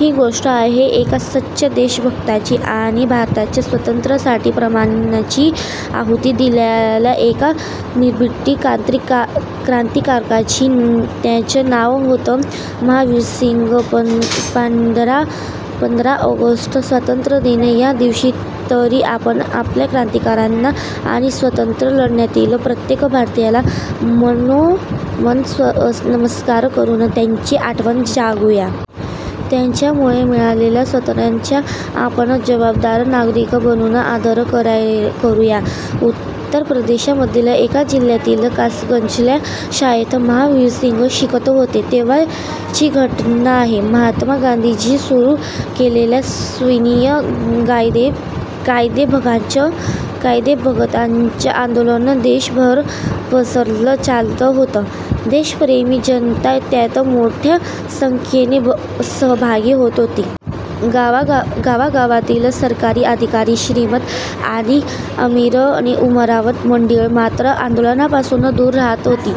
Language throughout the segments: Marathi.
ही गोष्ट आहे एका सच्च्या देशभक्ताची आणि भारताच्या स्वातंत्र्यासाठी प्राणाची आहुती दिलेल्या एका निर्भीड क्रांतिकारकाची. त्याचं नाव होतं महावीरसिंग! पंधरा ऑगस्ट स्वातंत्र्यदिन. या दिवशी तरी आपण आपल्या क्रांतिकारकांना आणि स्वातंत्र्यलढ्यातील प्रत्येक भारतीयाला मनोमन नमस्कार करून त्यांची आठवण जागवूया. त्यांच्यामुळे मिळालेल्या स्वातंत्र्याचा आपण जबाबदार नागरिक बनून आदर करूया. उत्तर प्रदेशमधील एका जिल्ह्यातील कासगंजच्या शाळेत महावीरसिंग शिकत होते, तेव्हाची घटना आहे. महात्मा गांधीजींनी सुरू केलेल्या सविनय कायदेभंगाचं आंदोलन देशभर पसरत चाललं होतं. देशप्रेमी जनता त्यात मोठ्या संख्येने सहभागी होत होती. गावागावांतील सरकारी अधिकारी, श्रीमंत आणि अमीर-उमराव मंडळी मात्र आंदोलनापासून दूर राहत होती.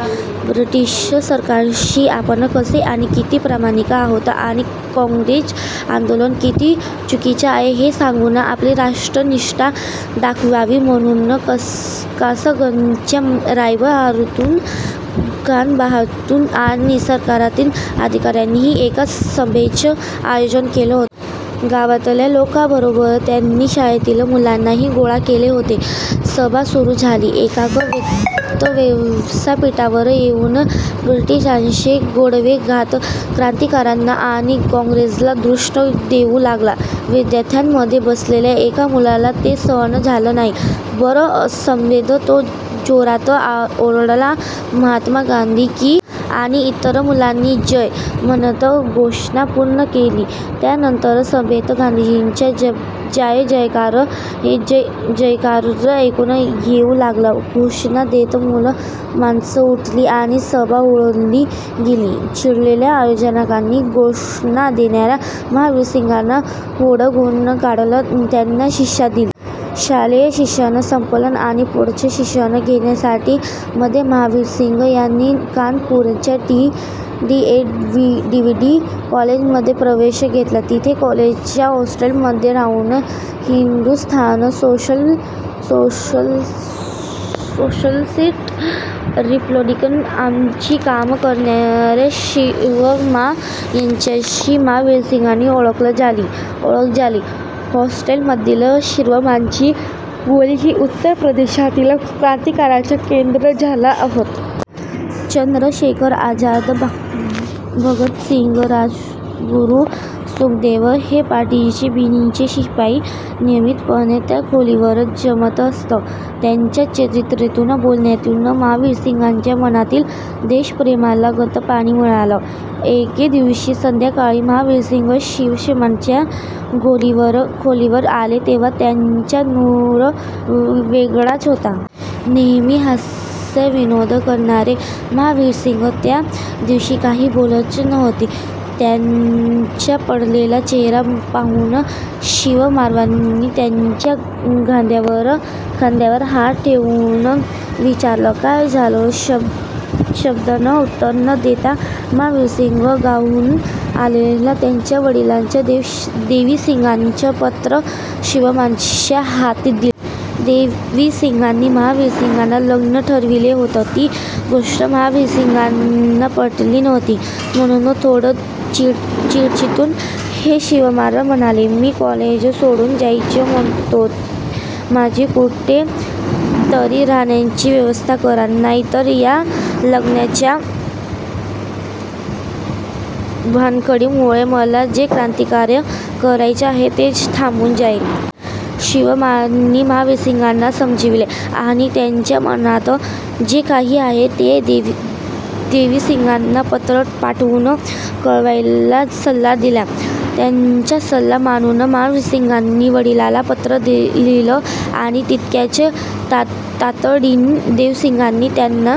ब्रिटिश सरकारशी आपण कसे आणि किती प्रामाणिक आहोत आणि काँग्रेसचं आंदोलन किती चुकीचं आहे हे सांगून आपली राजनिष्ठा दाखवावी, म्हणून कासगंजच्या रायबहादूर खानबहादूर आणि सरकारी अधिकाऱ्यांनी एकदा सभेचं आयोजन केलं होतं. गावातल्या लोकांबरोबर त्यांनी शाळेतील मुलांनाही गोळा केलं होतं. सभा सुरू झाली. एकेक वक्ता व्यासपीठावर येऊन ब्रिटिशांचे गोडवे गात क्रांतिकारकांना आणि काँग्रेसला दूषणं देऊ लागला. विद्यार्थ्यांमध्ये बसलेल्या एका मुलाला ते सहन झालं नाही. भर सभेत तो जोरात ओरडला, 'महात्मा गांधी की...' आणि इतर मुलांनी 'जय' म्हणत घोषणा पूर्ण केली. त्यानंतर सभेत गांधीजींचा जयजयकारच ऐकू येऊ लागला. घोषणा देत मुलं-माणसं उठली आणि सभा उधळली गेली. चिडलेल्या आयोजकांनी घोषणा देणाऱ्या महावीरसिंगांना हुडकून काढलं. त्यांना शिक्षा दिली. शालेय शिक्षण संपलं आणि पुढचं शिक्षण घेण्यासाठी मध्ये महावीरसिंग यांनी कानपूरच्या डी. ए. व्ही. कॉलेजमध्ये प्रवेश घेतला. तिथं कॉलेजच्या हॉस्टेलमध्ये राहून 'हिंदुस्थान सोशॅलिस्ट रिपब्लिकन आर्मी'चं काम करणाऱ्या शिववर्मा यांच्याशी महावीरसिंगांची ओळख झाली. हॉस्टेलमधील शिववर्मांची खोली ही उत्तर प्रदेशातील क्रांतिकारकांचं केंद्रच झालं होतं. चंद्रशेखर आझाद, भगतसिंग, राजगुरू, सुखदेव हे पार्टीचे बिनीचे शिपाई नियमितपणे त्या खोलीवर जमत असत. त्यांच्या चर्चेतून, बोलण्यातून महावीरसिंगांच्या मनातील देशप्रेमाला खतपाणी मिळालं. एके दिवशी संध्याकाळी महावीरसिंग शिववर्मांच्या खोलीवर आले तेव्हा त्यांचा नूर वेगळाच होता. नेहमी हास्यविनोद करणारे महावीरसिंग त्या दिवशी काही बोलतच नव्हते. त्यांचा पडलेला चेहरा पाहून शिववर्मांनी त्यांच्या खांद्यावर हात ठेवून विचारलं, 'काय झालं?' शब्दानं उत्तर न देता महावीरसिंगांनी गावाहून आलेलं त्यांच्या वडिलांचं- देवीसिंगांचं पत्र शिववर्मांच्या हाती दिलं. देवीसिंगांनी महावीरसिंगांचं लग्न ठरविलं होतं, ती गोष्ट महावीरसिंगांना पटली नव्हती. म्हणून थोडं चिडूनच ते शिववर्मांना म्हणाले, 'मी कॉलेज सोडून जायचं म्हणतोय, माझी कुठे तरी राहण्याची व्यवस्था करा. नाहीतर या लग्नाच्या भानगडीमुळे मला जे क्रांतिकार्य करायचं आहे तेच थांबून जाईल.' शिववर्मांनी महावीरसिंगांना समजावलं आणि त्यांच्या मनात जे काही आहे ते देवीसिंगांना पत्र पाठवून कळवायचा सल्ला दिला. त्यांचा सल्ला मानून महावीरसिंगांनी वडिलांना पत्र लिहिलं आणि तितक्याच तातडीनं देवीसिंगांनी त्यांना